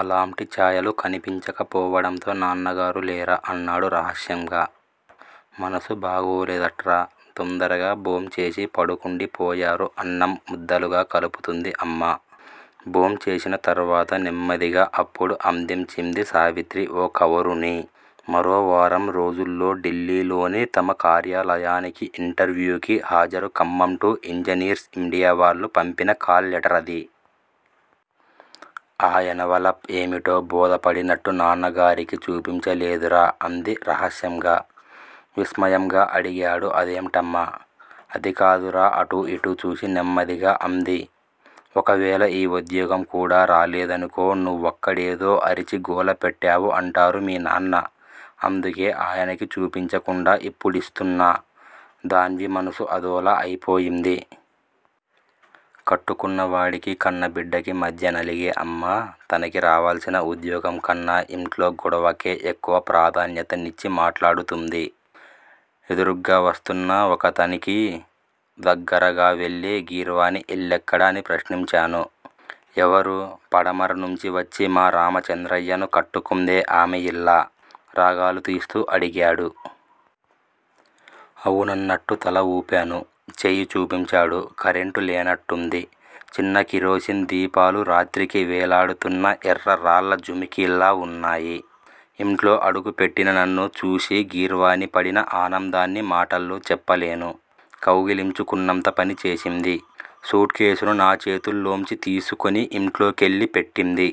అలాంటి ఛాయలు కనిపించకపోవడంతో నాన్నగారూ లేరా? అన్నాడు రహస్యంగా. మనసు బాగోలేదట్రా! తొందరగా భోంచేసి పడుకుండిపోయారు అన్నం ముద్దలుగా కలుపుతుంది అమ్మ. భోంచేసిన తర్వాత నెమ్మదిగా అప్పుడు అదించింది సావిత్రి ఓ కవరుని. మరో వారం రోజుల్లో డిల్లీ లోని తమ కార్యాలయానికి ఇంటర్వ్యూకి హాజరు కమ్మంటు ఇంజనీర్స్ ఇండియా వాళ్ళు పంపించిన కాల్ లేటరధి. ఆ ఎనవలప్ ఏమిటో బోధపడినట్టు న్నాన్నగారికి చూపించలేదురా. అంది రహస్యంగా. విస్మయంగా అడిగాడు అదేంటమ్మా? అదికాదురా అటు ఇటు చూసి నెమ్మదిగా అంది. ఒకవేళ ఈ ఉద్యోగం కూడా రాలేదనుకో. నువ్వక్కడేధో అరిచి గోలపెట్టావు అంటారు మీ నాన్న. అందుకే ఆయనకి చూపించకుండా ఇప్పుడీస్తున్నా. ధన్వి మనసు అదోలా అయిపోయింది. కట్టుకున్నవాడికి, కన్నబిడ్డకి మధ్య నలిగే అమ్మ తనకి రావాల్సిన ఉద్యోగం కన్నా ఇంట్లో గొడవకే ఎక్కువ ప్రాధాన్యతనిచ్చి మాట్లాడుతుంది. ఎదురుగ్గా వస్తున్న ఒకతనికి దగ్గరగా వెళ్ళి గీర్వాణీ ఇల్లెక్కడ? అని ప్రశ్నించాను. ఎవరూ? పడమర నుంచి వచ్చి మా రామచంద్రయ్యను కట్టుకుందే ఆమె ఇల్లా? రాగాలు తీస్తూ అడిగాడు. అవునన్నట్టు తల వూపాను. చేయి చూపించాడు. కరెంట్ లేనట్టుంది. చిన్న కిరోసిన్ దీపాలు రాత్రికి వేలాడుతున్న ఎర్ర రాళ్ళ జుమికీల్లా వున్నాయి. ఇంట్లో అడుగుపెట్టిన నన్ను చూసి గీర్వాణి పడిన ఆనందాన్ని మాటల్లో చెప్పలేను. కౌగిలించుకున్నంత పని చేసింది. సూట్కేసును నా చేతుల్లోంచి తీసుకుని ఇంట్లో కెళ్ళి పెట్టింది.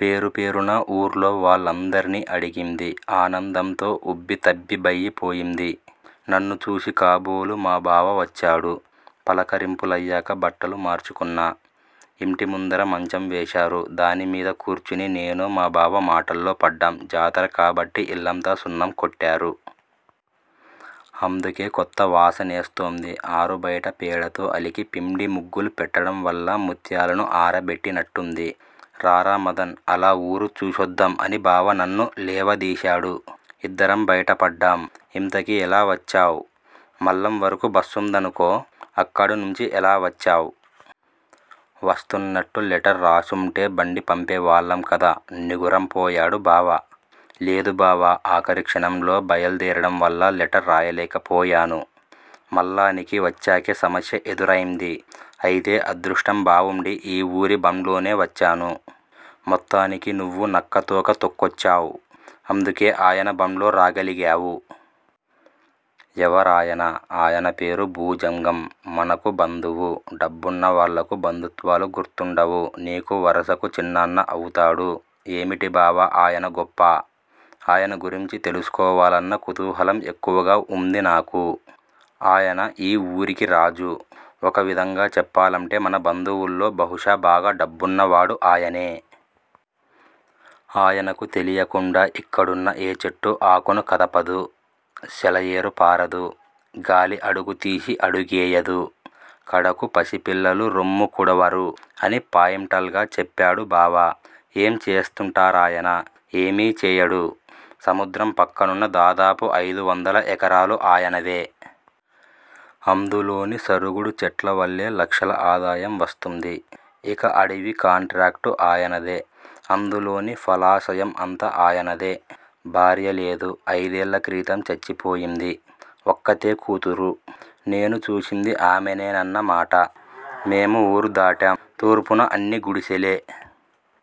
పేరు పేరునా ఊర్లో వాళ్ళందర్నీ అడిగింది. ఆనందంతో ఉబ్బితబ్బిబ్బయి పోయింది. నన్ను చూసి కాబోలు మా బావ వచ్చాడు. పలకరింపులయ్యాక బట్టలు మార్చుకున్నా. ఇంటి ముందర మంచం వేశారు. దానిమీద కూర్చుని నేనూ, మా బావ మాటల్లో పడ్డాం. జాతర కాబట్టి ఇల్లంతా సున్నం కొట్టారు. అందుకే కొత్త వాసనేస్తోంది. ఆరు బయట పేడతో అలికి పిండి ముగ్గులు పెట్టడంవల్ల ముత్యాలను ఆరబెట్టినట్టుంది. రారా మదన్! అలా వూరు చూసొద్దాం అని బావ నన్ను లేవదీశాడు. ఇద్దరం బయట పడ్డాం. ఇంతకీ ఎలా వచ్చావ్? మల్లాం వరకు బస్సుందనుకో. అక్కడి నుంచి ఎలా వచ్చావ్? వస్తున్నట్టు లెటర్ రాసుంటే బండి పంపేవాళ్ళం కదా నిగురం పోయాడు బావ. లేదు బావా! ఆఖరి క్షణంలో బయల్దేరడం వల్ల లెటర్ రాయలేకపోయాను. మల్లానికి వచ్చాకే సమస్య ఎదురైంది. అయితే అదృష్టం బావుండి ఈ ఊరి బండ్లోనే వచ్చాను. మొత్తానికి నువ్వు నక్కతోక తొక్కచ్చావ్. అందుకే ఆయన బండ్లో రాగలిగావు. ఎవరాయన? ఆయన పేరు భుజంగం. మనకు బంధువు. డబ్బున్న వాళ్ళకు బంధుత్వాలు గుర్తుండవు. నీకు వరసకు చిన్నాన్న అవుతాడు. ఏమిటి బావా ఆయన గొప్ప? ఆయన గురించి తెలుసుకోవాలన్న కుతూహలం ఎక్కువగా వుంది నాకు. ఆయన ఈ ఊరికి రాజు. ఒక విధంగా చెప్పాలంటే మన బంధువుల్లో బహుశా బాగా డబ్బున్నవాడు ఆయనే. ఆయనకు తెలియకుండా ఇక్కడున్న ఏ చెట్టూ ఆకును కదపదు. సెలయేరు పారదు. గాలి అడుగు తీసి అడుగేయదు. కడకు పసిపిల్లలు రొమ్ము కుడవరు అని పాయింటల్ గా చెప్పాడు బావ. ఏం చేస్తుంటారాయన? ఏమీ చేయడు. సముద్రం పక్కనున్న దాదాపు అయిదు వందల ఎకరాలు ఆయనవే. అందులోని సరుగుడు చెట్ల వల్లే లక్షల ఆదాయం వస్తుంది. ఇక అడవి కాంట్రాక్టు ఆయనదే. అందులోని ఫలసాయం అంతా ఆయనదే. భార్యలేదు. అయిదేళ్ళ క్రితం చచ్చిపోయింది. ఒక్కతే కూతురు. నేను చూసింది ఆమెనేనన్నమాట. మేం ఊరు దాటాం. తూర్పున అన్నీ గుడిసెలే.